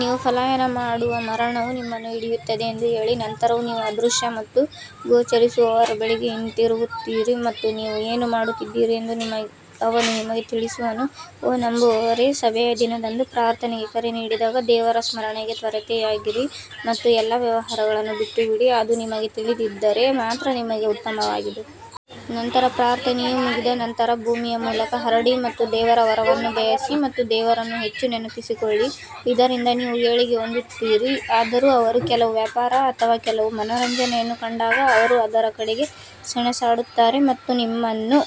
ನೀವು ಪಲಾಯನ ಮಾಡುವ ಮರಣವು ನಿಮ್ಮನ್ನು ಹಿಡಿಯುತ್ತದೆ ಎಂದು ಹೇಳಿ ನಂತರ ನೀವು ಅದೃಶ್ಯ ಮತ್ತು ಗೋಚರಿಸುವವರ ಬಳಿಗೆ ಹಿಂತಿರುಗುತ್ತೀರಿ ಮತ್ತು ನೀವು ಏನು ಮಾಡುತ್ತಿದ್ದೀರಿ ಎಂದು ಅವನು ನಿಮಗೆ ತಿಳಿಸುವನು. ಓ ನಂಬುವವರೇ, ಸಭೆಯ ದಿನದಂದು ಪ್ರಾರ್ಥನೆಗೆ ಕರೆ ನೀಡಿದಾಗ ದೇವರ ಸ್ಮರಣೆಗೆ ತ್ವರೆಯಾಗಿರಿ ಮತ್ತು ಎಲ್ಲಾ ವ್ಯವಹಾರಗಳನ್ನು ಬಿಟ್ಟುಬಿಡಿ, ಅದು ನಿಮಗೆ ತಿಳಿದಿದ್ದರೆ ಮಾತ್ರ ನಿಮಗೆ ಉತ್ತಮವಾಗಿದೆ. ನಂತರ ಪ್ರಾರ್ಥನೆಯು ಮುಗಿದ ನಂತರ ಭೂಮಿಯ ಮೂಲಕ ಹರಡಿ ಮತ್ತು ದೇವರ ವರವನ್ನು ಬಯಸಿ ಮತ್ತು ದೇವರನ್ನು ಹೆಚ್ಚು ನೆನಪಿಸಿಕೊಳ್ಳಿ ಇದರಿಂದ ನೀವು ಏಳಿಗೆ ಹೊಂದುತ್ತೀರಿ. ಆದರೂ ಅವರು ಕೆಲವು ವ್ಯಾಪಾರ ಅಥವಾ ಕೆಲವು ಮನರಂಜನೆಯನ್ನು ಕಂಡಾಗ ಅವರು ಅದರ ಕಡೆಗೆ ಸೆಣಸಾಡುತ್ತಾರೆ ಮತ್ತು ನಿಮ್ಮನ್ನು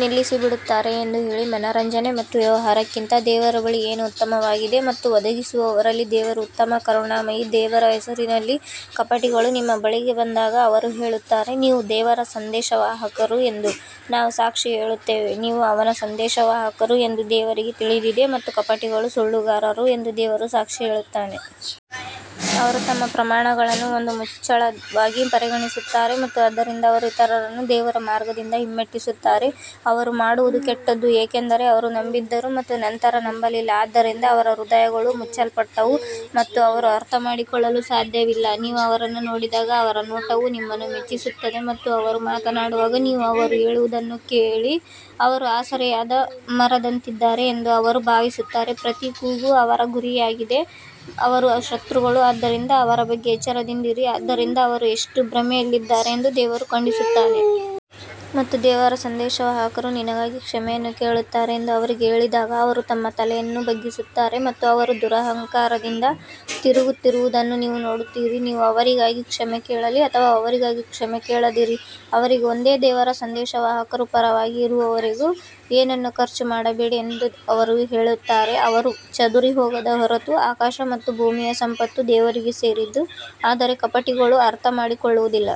ನಿಲ್ಲಿಸಿ ಬಿಡುತ್ತಾರೆ ಎಂದು ಹೇಳಿ ಮನರಂಜನೆ ಮತ್ತು ವ್ಯವಹಾರಕ್ಕಿಂತ ದೇವರ ಬಳಿ ಏನು ಉತ್ತಮವಾಗಿದೆ ಮತ್ತು ಒದಗಿಸುವವರಲ್ಲಿ ದೇವರು ಉತ್ತಮ ಕರುಣಾಮಯಿ ದೇವರ ಹೆಸರಿನಲ್ಲಿ ಕಪಟಿಗಳು ನಿಮ್ಮ ಬಳಿಗೆ ಬಂದಾಗ ಅವರು ಹೇಳುತ್ತಾರೆ, ನೀವು ದೇವರ ಸಂದೇಶವಾಹಕರು ಎಂದು ನಾವು ಸಾಕ್ಷಿ ಹೇಳುತ್ತೇವೆ, ನೀವು ಅವನ ಸಂದೇಶವಾಹಕರು ಎಂದು ದೇವರಿಗೆ ತಿಳಿದಿದೆ ಮತ್ತು ಕಪಟಿಗಳು ಸುಳ್ಳುಗಾರರು ಎಂದು ದೇವರು ಸಾಕ್ಷಿ ಹೇಳುತ್ತಾನೆ. ಅವರು ತಮ್ಮ ಪ್ರಮಾಣಗಳನ್ನು ಒಂದು ಮುಚ್ಚಳವಾಗಿ ಪರಿಗಣಿಸುತ್ತಾರೆ ಮತ್ತು ಆದ್ದರಿಂದ ಅವರು ಇತರರನ್ನು ದೇವರ ಮಾರ್ಗದಿಂದ ಹಿಮ್ಮೆಟ್ಟಿಸುತ್ತಾರೆ, ಅವರು ಮಾಡುವದು ಕೆಟ್ಟದು ಏಕೆಂದರೆ ಅವರು ನಂಬಿದ್ದರು ಮತ್ತು ನಂತರ ನಂಬಲಿಲ್ಲ, ಆದ್ದರಿಂದ ಅವರ ಹೃದಯಗಳು ಮುಚ್ಚಲ್ಪಟ್ಟವು ಮತ್ತು ಅವರು ಅರ್ಥಮಾಡಿಕೊಳ್ಳಲು ಸಾಧ್ಯವಿಲ್ಲ ನೀವು ಅವರನ್ನು ನೋಡಿದಾಗ ಅವರ ನೋಟವು ನಿಮ್ಮನ್ನು ಮೆಚ್ಚಿಸುತ್ತದೆ ಮತ್ತು ಅವರು ಮಾತನಾಡುವಾಗ ನೀವು ಅವರು ಹೇಳುವದನ್ನು ಕೇಳಿ ಅವರು ಆಸರೆಯಾದ ಮರದಂತಿದ್ದಾರೆ ಎಂದು ಅವರು ಭಾವಿಸುತ್ತಾರೆ ಪ್ರತಿ ಕೂಗು ಅವರ ಗುರಿಯಾಗಿದೆ ಅವರು ಶತ್ರುಗಳು ಆದ್ದರಿಂದ ಅವರ ಬಗ್ಗೆ ಎಚ್ಚರದಿಂದಿರಿ ಆದ್ದರಿಂದ ಅವರು ಎಷ್ಟು ಭ್ರಮೆಯಲ್ಲಿದ್ದಾರೆ ಎಂದು ದೇವರು ಖಂಡಿಸುತ್ತಾನೆ. ಮತ್ತು ದೇವರ ಸಂದೇಶವಾಹಕರು ನಿನಗಾಗಿ ಕ್ಷಮೆಯನ್ನು ಕೇಳುತ್ತಾರೆ ಎಂದು ಅವರಿಗೆ ಹೇಳಿದಾಗ ಅವರು ತಮ್ಮ ತಲೆಯನ್ನು ಬಗ್ಗಿಸುತ್ತಾರೆ ಮತ್ತು ಅವರು ದುರಹಂಕಾರದಿಂದ ತಿರುಗುತ್ತಿರುವುದನ್ನು ನೀವು ನೋಡುತ್ತೀರಿ. ನೀವು ಅವರಿಗಾಗಿ ಕ್ಷಮೆ ಕೇಳಲಿ ಅಥವಾ ಅವರಿಗಾಗಿ ಕ್ಷಮೆ ಕೇಳದಿರಲಿ ಅವರಿಗೆ ಒಂದೇ ದೇವರ ಸಂದೇಶವಾಹಕರ ಪರವಾಗಿ ಇರುವವರಿಗೆ ಏನನ್ನೂ ಖರ್ಚು ಮಾಡಬೇಡಿ ಎಂದು ಅವರು ಹೇಳುತ್ತಾರೆ, ಅವರು ಚದುರಿಹೋಗದ ಹೊರತು ಆಕಾಶ ಮತ್ತು ಭೂಮಿಯ ಸಂಪತ್ತು ದೇವರಿಗೆ ಸೇರಿದ್ದು ಆದರೆ ಕಪಟಿಗಳು ಅರ್ಥಮಾಡಿಕೊಳ್ಳುವುದಿಲ್ಲ.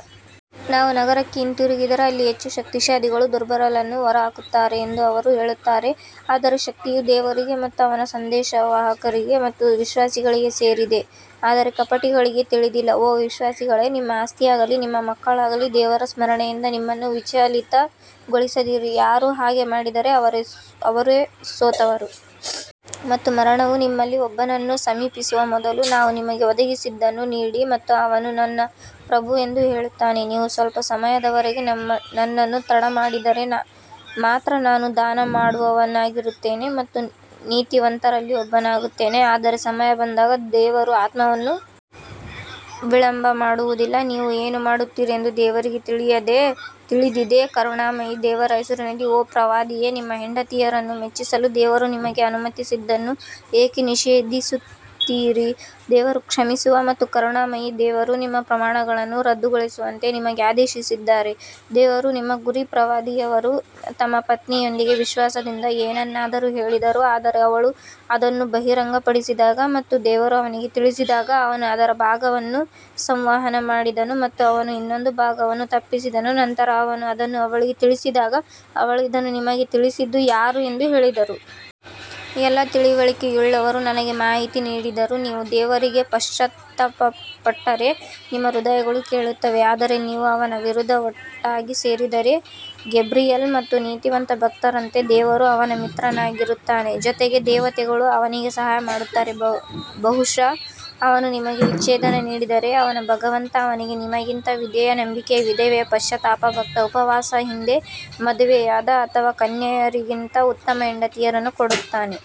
ನಾವು ನಗರಕ್ಕೆ ಹಿಂತಿರುಗಿದರೆ ಅಲ್ಲಿ ಹೆಚ್ಚು ಶಕ್ತಿಶಾಲಿಗಳು ದುರ್ಬಲರನ್ನು ಹೊರಹಾಕುತ್ತಾರೆ ಎಂದು ಅವರು ಹೇಳುತ್ತಾರೆ ಆದರೆ ಶಕ್ತಿಯು ದೇವರಿಗೆ ಮತ್ತು ಅವನ ಸಂದೇಶವಾಹಕರಿಗೆ ಮತ್ತು ವಿಶ್ವಾಸಿಗಳಿಗೆ ಸೇರಿದೆ ಆದರೆ ಕಪಟಿಗಳಿಗೆ ತಿಳಿದಿಲ್ಲ. ಓ ವಿಶ್ವಾಸಿಗಳೇ, ನಿಮ್ಮ ಆಸ್ತಿಯಾಗಲಿ, ನಿಮ್ಮ ಮಕ್ಕಳಾಗಲಿ ದೇವರ ಸ್ಮರಣೆಯಿಂದ ನಿಮ್ಮನ್ನು ವಿಚಲಿತಗೊಳಿಸದಿರಲಿ, ಯಾರು ಹಾಗೆ ಮಾಡಿದರೆ ಅವರೇ ಸೋತವರು. ಮತ್ತು ಮರಣವು ನಿಮ್ಮಲ್ಲಿ ಒಬ್ಬನನ್ನು ಸಮೀಪಿಸುವ ಮೊದಲು ನಾವು ನಿಮಗೆ ಒದಗಿಸಿದ್ದನ್ನು ನೀಡಿ ಮತ್ತು ಅವನು ನನ್ನ ಪ್ರಭು ಎಂದು ಹೇಳುತ್ತಾನೆ, ನೀವು ಸ್ವಲ್ಪ ಸಮಯದವರೆಗೆ ನನ್ನನ್ನು ತಡಮಾಡಿದರೆ ಮಾತ್ರ ನಾನು ದಾನ ಮಾಡುವವನಾಗಿರುತ್ತೇನೆ ಮತ್ತು ನೀತಿವಂತರಲ್ಲಿ ಒಬ್ಬನಾಗುತ್ತೇನೆ. ಆದರೆ ಸಮಯ ಬಂದಾಗ ದೇವರು ಆತ್ಮವನ್ನು ವಿಳಂಬ ಮಾಡುವುದಿಲ್ಲ, ನೀವು ಏನು ಮಾಡುತ್ತೀರಿ ಎಂದು ದೇವರಿಗೆ ತಿಳಿದಿದೆ ಕರುಣಾಮಯಿ ದೇವರ ಹೆಸರಿನಲ್ಲಿ ಓ ಪ್ರವಾದಿಯೇ, ನಿಮ್ಮ ಹೆಂಡತಿಯರನ್ನು ಮೆಚ್ಚಿಸಲು ದೇವರು ನಿಮಗೆ ಅನುಮತಿಸಿದ್ದನ್ನು ಏಕೆ ನಿಷೇಧಿಸುತ್ತೀರಿ ದೇವರು ಕ್ಷಮಿಸುವ ಮತ್ತು ಕರುಣಾಮಯಿ ದೇವರು ನಿಮ್ಮ ಪ್ರಮಾಣಗಳನ್ನು ರದ್ದುಗೊಳಿಸುವಂತೆ ನಿಮಗೆ ಆದೇಶಿಸಿದ್ದಾರೆ ದೇವರು ನಿಮ್ಮ ಗುರು ಪ್ರವಾದಿಯವರು ತಮ್ಮ ಪತ್ನಿಯೊಬ್ಬರಿಗೆ ವಿಶ್ವಾಸದಿಂದ ಏನನ್ನಾದರೂ ಹೇಳಿದರು ಆದರೆ ಅವಳು ಅದನ್ನು ಬಹಿರಂಗಪಡಿಸಿದಾಗ ಮತ್ತು ದೇವರು ಅವನಿಗೆ ತಿಳಿಸಿದಾಗ ಅವನು ಅದರ ಭಾಗವನ್ನು ಸಂವಹನ ಮಾಡಿದನು ಮತ್ತು ಅವನು ಇನ್ನೊಂದು ಭಾಗವನ್ನು ತಪ್ಪಿಸಿದನು ನಂತರ ಅವನು ಅದನ್ನು ಅವಳಿಗೆ ತಿಳಿಸಿದಾಗ ಅವಳು ಇದನ್ನು ನಿಮಗೆ ತಿಳಿಸಿದ್ದು ಯಾರು ಎಂದು ಹೇಳಿದರು. ಎಲ್ಲಾ ತಿಳುವಳಿಕೆಯುಳ್ಳವರು ನನಗೆ ಮಾಹಿತಿ ನೀಡಿದರು ನೀವು ದೇವರಿಗೆ ಪಶ್ಚಾತ್ತಾಪಪಟ್ಟರೆ, ನಿಮ್ಮ ಹೃದಯಗಳು ಕೇಳುತ್ತವೆ ಆದರೆ ನೀವು ಅವನ ವಿರುದ್ಧ ಒಟ್ಟಾಗಿ ಸೇರಿದರೆ, ಗೇಬ್ರಿಯಲ್ ಮತ್ತು ನೀತಿವಂತ ಭಕ್ತರಂತೆ ದೇವರು ಅವನ ಮಿತ್ರನಾಗಿರುತ್ತಾನೆ, ಜೊತೆಗೆ ದೇವತೆಗಳು ಅವನಿಗೆ ಸಹಾಯ ಮಾಡುತ್ತಾರೆ. ಬಹುಶಃ ಅವನು ನಿಮಗೆ ವಿಚ್ಛೇದನ ನೀಡಿದರೆ ಅವನ ಭಗವಂತ ಅವನಿಗೆ ನಿಮಗಿಂತ ವಿಧೇಯ ನಂಬಿಕೆಯ ವಿಧೇಯ ಪಶ್ಚಾತ್ತಾಪ ಭಕ್ತ ಉಪವಾಸ ಹಿಂದೆ ಮದುವೆಯಾದ ಅಥವಾ ಕನ್ಯೆಯರಿಗಿಂತ ಉತ್ತಮ ಹೆಂಡತಿಯರನ್ನು ಕೊಡುತ್ತಾನೆ.